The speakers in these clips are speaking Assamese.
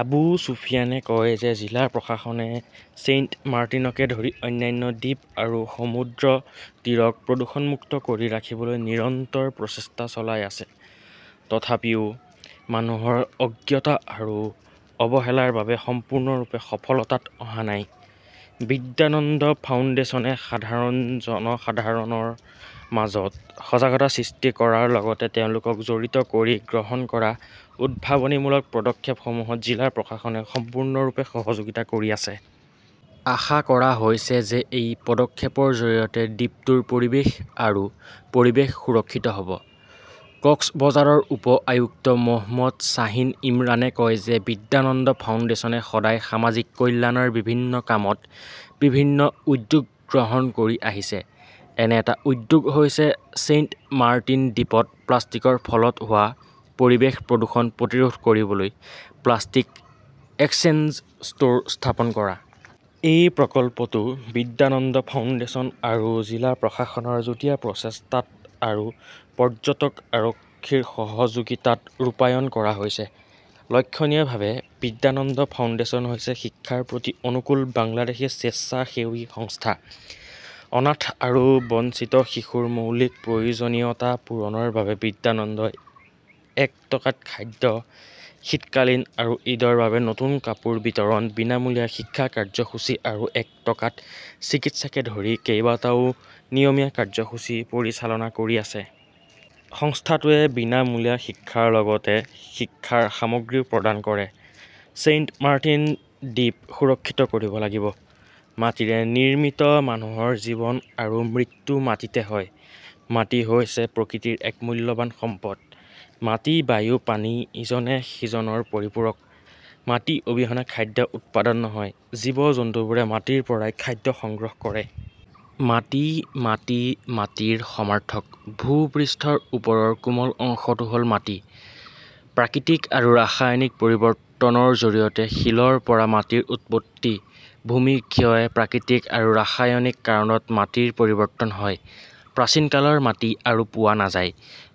আবু ছুফিয়ানে কয় যে জিলা প্ৰশাসনে ছেইণ্টমাৰ্টিনকে ধৰি অন্যান্য দ্বীপ আৰু সমুদ্ৰতীৰক প্ৰদূষণমুক্ত কৰি ৰাখিবলৈ নিৰন্তৰ প্ৰচেষ্টা চলাই আছে। তথাপিও মানুহৰ অজ্ঞতা আৰু অৱহেলাৰ বাবে সম্পূৰ্ণৰূপে সফলতাত অহা নাই। বিদ্যানন্দ ফাউণ্ডেচনে সাধাৰণ জনসাধাৰণৰ মাজত সজাগতা সৃষ্টি কৰাৰ লগতে তেওঁলোকক জড়িত কৰি গ্ৰহণ কৰা উদ্ভাৱনীমূলক পদক্ষেপসমূহত জিলা প্ৰশাসনে সম্পূৰ্ণৰূপে সহযোগিতা কৰি আছে। আশা কৰা হৈছে যে এই পদক্ষেপৰ জৰিয়তে দ্বীপটোৰ পৰিৱেশ আৰু পৰিৱেশ সুৰক্ষিত হ'ব। কক্সবজাৰৰ উপ-আয়ুক্ত মহম্মদ শ্বাহিন ইমৰানে কয় যে বিদ্যানন্দ ফাউণ্ডেচনে সদায় সামাজিক কল্যাণৰ বিভিন্ন কামত বিভিন্ন উদ্যোগ গ্ৰহণ কৰি আহিছে। এনে এটা উদ্যোগ হৈছে ছেইণ্টমাৰ্টিন দ্বীপত প্লাষ্টিকৰ ফলত হোৱা পৰিৱেশ প্ৰদূষণ প্ৰতিৰোধ কৰিবলৈ "প্লাষ্টিক এক্সচেঞ্জ ষ্ট'ৰ" স্থাপন কৰা। এই প্ৰকল্পটো বিদ্যানন্দ ফাউণ্ডেশ্যন আৰু জিলা প্ৰশাসনৰ যুটীয়া প্ৰচেষ্টাত আৰু পৰ্যটক আৰক্ষীৰ সহযোগিতাত ৰূপায়ণ কৰা হৈছে। লক্ষণীয়ভাৱে, বিদ্যানন্দ ফাউণ্ডেশ্যন হৈছে শিক্ষাৰ প্ৰতি অনুকূল বাংলাদেশী স্বেচ্ছাসেৱী সংস্থা। অনাথ আৰু বঞ্চিত শিশুৰ মৌলিক প্ৰয়োজনীয়তা পূৰণৰ বাবে বিদ্যানন্দই এক টকাত খাদ্য, শীতকালীন আৰু ঈদৰ বাবে নতুন কাপোৰ বিতৰণ, বিনামূলীয়া শিক্ষা কাৰ্যসূচী আৰু এক টকাত চিকিৎসাকে ধৰি কেইবাটাও নিয়মীয়া কাৰ্যসূচী পৰিচালনা কৰি আছে। সংস্থাটোৱে বিনামূলীয়া শিক্ষাৰ লগতে শিক্ষাৰ সামগ্ৰীও প্ৰদান কৰে। ছেইণ্টমাৰ্টিন দ্বীপ সুৰক্ষিত কৰিব লাগিব। মাটিৰে নিৰ্মিত মানুহৰ জীৱন আৰু মৃত্যু মাটিতে হয়। মাটি হৈছে প্ৰকৃতিৰ এক মূল্যৱান সম্পদ। মাটি-বায়ু-পানী ইজনে সিজনৰ পৰিপূৰক। মাটি অবিহনে খাদ্য উৎপাদন নহয়, জীৱ-জন্তুবোৰে মাটিৰ পৰাই খাদ্য সংগ্ৰহ কৰে। মাটি-মাটি-মাটিৰ সমাৰ্থক। ভূ-পৃষ্ঠৰ ওপৰৰ কোমল অংশটো হ'ল মাটি । প্ৰাকৃতিক আৰু ৰাসায়নিক পৰিৱৰ্তনৰ জৰিয়তে শিলৰ পৰা মাটিৰ উৎপত্তি। ভূমি ক্ষয়, প্ৰাকৃতিক আৰু ৰাসায়নিক কাৰণত মাটিৰ পৰিৱৰ্তন হয়। প্ৰাচীনকালৰ মাটি আৰু পোৱা নাযায়।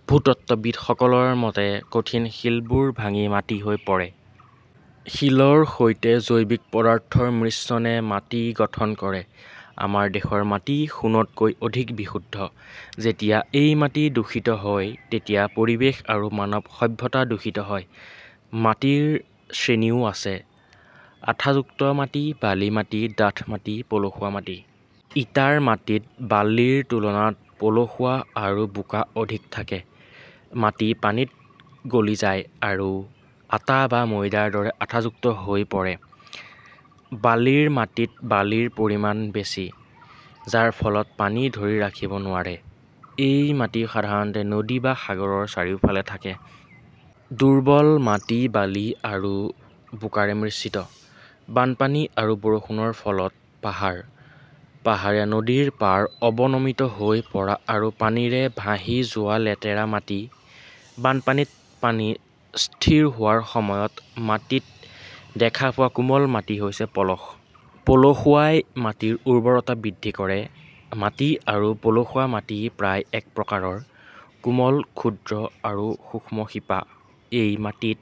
ভূতত্ত্ববিদসকলৰ মতে, কঠিন শিলবোৰ ভাঙি মাটি হৈ পৰে। শিলৰ সৈতে জৈৱিক পদাৰ্থৰ মিশ্ৰণে মাটি গঠন কৰে। আমাৰ দেশৰ মাটি "সোণতকৈ অধিক বিশুদ্ধ "। যেতিয়া এই মাটি দূষিত হয় তেতিয়া পৰিৱেশ আৰু মানৱ সভ্যতা দূষিত হয়। মাটিৰ শ্ৰেণীও আছে। আঠাযুক্ত মাটি, বালি মাটি, ডাঠ মাটি, পলসুৱা মাটি। ইটাৰ মাটিত বালিৰ তুলনাত পলসুৱা আৰু বোকা অধিক থাকে। মাটি পানীত গলি যায় আৰু আটা বা ময়দাৰ দৰে আঠাযুক্ত হৈ পৰে। বালিৰ মাটিত বালিৰ পৰিমাণ বেছি, যাৰ ফলত পানী ধৰি ৰাখিব নোৱাৰি। এই মাটি সাধাৰণতে নদী বা সাগৰৰ চাৰিওফালে থাকে। দুৰ্বল মাটি বালি আৰু বোকাৰে মিশ্ৰিত। বানপানী আৰু বৰষুণৰ ফলত পাহাৰ ,পাহাৰীয়া নদীৰ পাৰ অৱনমিত হৈ পৰা আৰু পানীৰে ভাহি যোৱা লেতেৰা মাটি। বানপানীত পানী স্থিৰ হোৱাৰ সময়ত মাটিত দেখা পোৱা কোমল মাটি হৈছে পলস। পলসুৱাই মাটিৰ উৰ্বৰতা বৃদ্ধি কৰে। মাটি আৰু পলসুৱা মাটি প্ৰায় এক প্ৰকাৰৰ কোমল, ক্ষুদ্ৰ আৰু সূক্ষ্ম শিপা। এই মাটিত